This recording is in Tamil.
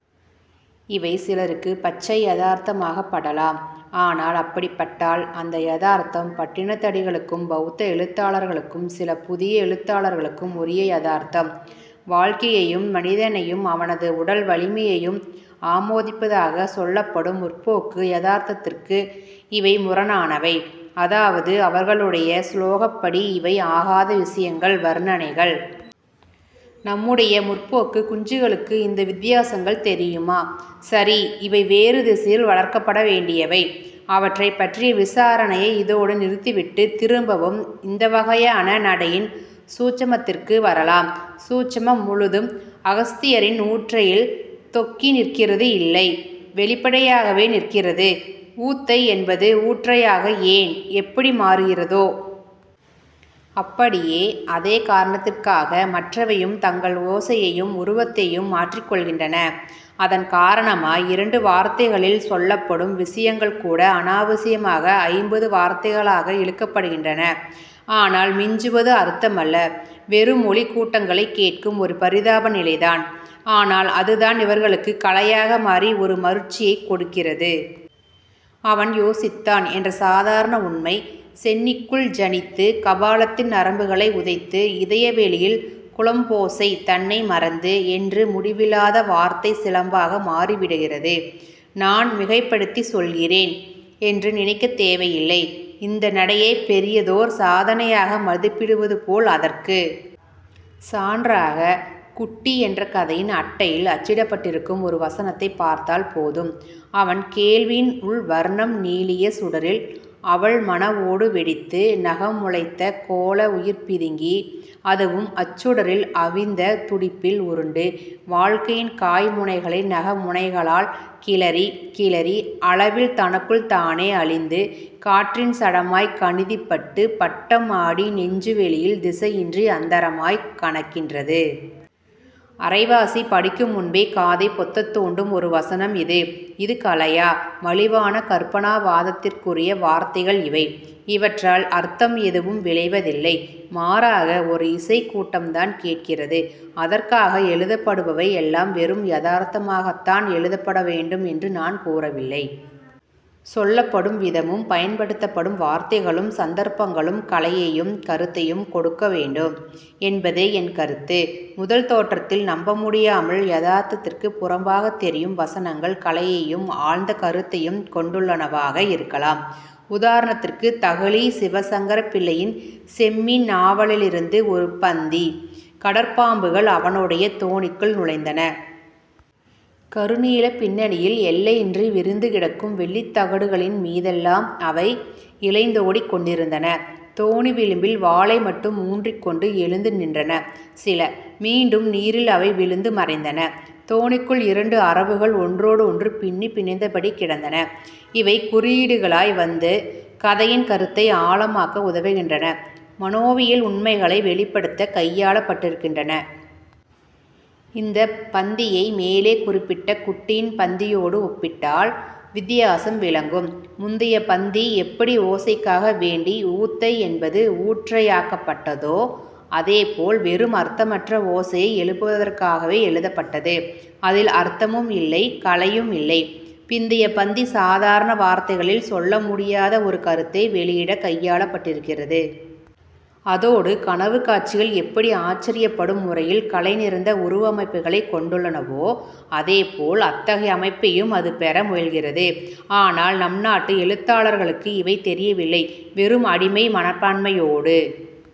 இவை சிலருக்குப் பச்சை யதார்த்தமாகப் படலாம். ஆனால் அப்படிப் பட்டால், அந்த யதார்த்தம் பட்டினத்தடிகளுக்கும் பௌத்த எழுத்தாளர்களுக்கும் சில புதிய எழுத்தாளர்களுக்கும் உரிய யதார்த்தம். வாழ்க்கையையும் மனிதனையும் அவனது உடல் வலிமையையும் ஆமோதிப்பதாகச் சொல்லப்படும் 'முற்போக்கு' யதார்த்தத்திற்கு இவை முரணானவை. அதாவது அவர்களுடைய சுலோகப்படி இவை ஆகாத விஷயங்கள், வர்ணனைகள். நம்முடைய முற்போக்குக் குஞ்சுகளுக்கு இந்த வித்தியாசங்கள் தெரியுமா? சரி, இவை வேறு திசையில் வளர்க்கப்பட வேண்டியவை. அவற்றைப் பற்றிய விசாரணையை இதோடு நிறுத்திவிட்டு, திரும்பவும் இந்த வகையான நடையின் 'சூட்சுமத்திற்கு' வரலாம். 'சூட்சுமம்' முழுதும் அகஸ்தியரின் 'ஊற்றை'யில் தொக்கி நிற்கிறது இல்லை, வெளிப்படையாகவே நிற்கிறது. 'ஊத்தை' என்பது 'ஊற்றை'யாக ஏன், எப்படி மாறுகிறதோ... அப்படியே, அதே காரணத்திற்காக மற்றவையும் தங்கள் ஓசையையும் உருவத்தையும் மாற்றிக்கொள்கின்றன. அதன் காரணமாய் இரண்டு வார்த்தைகளில் சொல்லப்படும் விஷயங்கள்கூட அனாவசியமாக ஐம்பது வார்த்தைகளாக இழுக்கப்படுகின்றன. ஆனால் மிஞ்சுவது அர்த்தமல்ல வெறும் ஒலிக் கூட்டங்களைக் கேட்கும் ஒரு பரிதாப நிலைதான். ஆனால் அதுதான் இவர்களுக்குக் கலையாக மாறி ஒரு மருட்சியைக் கொடுக்கிறது. 'அவன் யோசித்தான்' என்ற சாதாரண உண்மை, சென்னிக்குள் ஜனித்து, கபாலத்தின் நரம்புகளை உதைத்து, இதய வெளியில் குளம்போசை தன்னை மறந்து. என்று முடிவில்லாத வார்த்தைச் சிலம்பாக மாறிவிடுகிறது. நான் மிகைப்படுத்திச் சொல்கிறேன் என்று நினைக்கத் தேவையில்லை. இந்த நடையைப் பெரியதோர் சாதனையாக மதிப்பிடுவது போல், அதற்குச் சான்றாக 'குட்டி' என்ற கதையின் அட்டையில் அச்சிடப்பட்டிருக்கும் ஒரு வசனத்தைப் பார்த்தால் போதும்: அவன் கேள்வியின் உள் வர்ணம் நீளிய சுடரில் அவள் மன ஓடு வெடித்து, நகம் முளைத்த கோள உயிர் பிதுங்கி, அதுவும் அச்சுடரில் அவிந்த துடிப்பில் உருண்டு, வாழ்க்கையின் காய் முனைகளை நக முனைகளால் கிளறி, கிளறி அளவில் தனக்குள் தானே அழிந்து, காற்றின் சடமாய்க் கணதிப்பட்டு, பட்டம் ஆடி நெஞ்சு வெளியில் திசையின்றி அந்தரமாய்க் கனக்கின்றது. அரைவாசி படிக்கும் முன்பே காதைப் பொத்தத் தூண்டும் ஒரு வசனம் இது. இது கலையா? மலிவான கற்பனாவாதத்திற்குரிய வார்த்தைகள் இவை. இவற்றால் அர்த்தம் எதுவும் விளைவதில்லை. மாறாக, ஓர் இசைக் கூட்டம்தான் கேட்கிறது. அதற்காக எழுதப்படுபவை எல்லாம் வெறும் 'யதார்த்தமாகத்தான்' எழுதப்பட வேண்டும் என்று நான் கூறவில்லை. சொல்லப்படும் விதமும், பயன்படுத்தப்படும் வார்த்தைகளும், சந்தர்ப்பங்களும் கலையையும் கருத்தையும் கொடுக்க வேண்டும் என்பதே என் கருத்து. முதல் தோற்றத்தில் நம்ப முடியாமல் யதார்த்தத்திற்குப் புறம்பாகத் தெரியும் வசனங்கள், கலையையும் ஆழ்ந்த கருத்தையும் கொண்டுள்ளனவாக இருக்கலாம். உதாரணத்திற்குத் தகழி சிவசங்கரப் பிள்ளையின் 'செம்மீன்' நாவலிலிருந்து ஒரு பந்தி: கடற்பாம்புகள் அவனுடைய தோணிக்குள் நுழைந்தன. கருநீலப் பின்னணியில் எல்லையின்றி விரிந்து கிடக்கும் வெள்ளித் தகடுகளின் மீதெல்லாம் அவை இழைந்தோடிக்கொண்டிருந்தன. தோணி விளிம்பில் வாலை மட்டும் ஊன்றிக்கொண்டு எழுந்து நின்றன சில. மீண்டும் நீரில் அவை விழுந்து மறைந்தன. தோணிக்குள் இரண்டு அரவுகள் ஒன்றோடு ஒன்று பின்னிப் பிணைந்தபடி கிடந்தன. இவை குறியீடுகளாய் வந்து கதையின் கருத்தை ஆழமாக்க உதவுகின்றன மனோவியல் உண்மைகளை வெளிப்படுத்தக் கையாளப்பட்டிருக்கின்றன. இந்தப் பந்தியை மேலே குறிப்பிட்ட 'குட்டி'யின் பந்தியோடு ஒப்பிட்டால் வித்தியாசம் விளங்கும். முந்தைய பந்தி, எப்படி ஓசைக்காக வேண்டி 'ஊத்தை' என்பது 'ஊற்றை'யாக்கப்பட்டதோ, அதே போல் வெறும் அர்த்தமற்ற ஓசையை எழுப்புவதற்காகவே எழுதப்பட்டது. அதில் அர்த்தமும் இல்லை, கலையும் இல்லை. பிந்தைய பந்தி சாதாரண வார்த்தைகளில் சொல்ல முடியாத ஒரு கருத்தை வெளியிடக் கையாளப்பட்டிருக்கிறது. அதோடு கனவுக் காட்சிகள் எப்படி ஆச்சரியப்படும் முறையில் கலை நிறைந்த உருவ அமைப்புகளைக் கொண்டுள்ளனவோ, அதே போல் அத்தகைய அமைப்பையும் அது பெற முயல்கிறது. ஆனால் நம் நாட்டு எழுத்தாளர்களுக்கு இவை தெரியவில்லை வெறும் அடிமை மனப்பான்மையோடு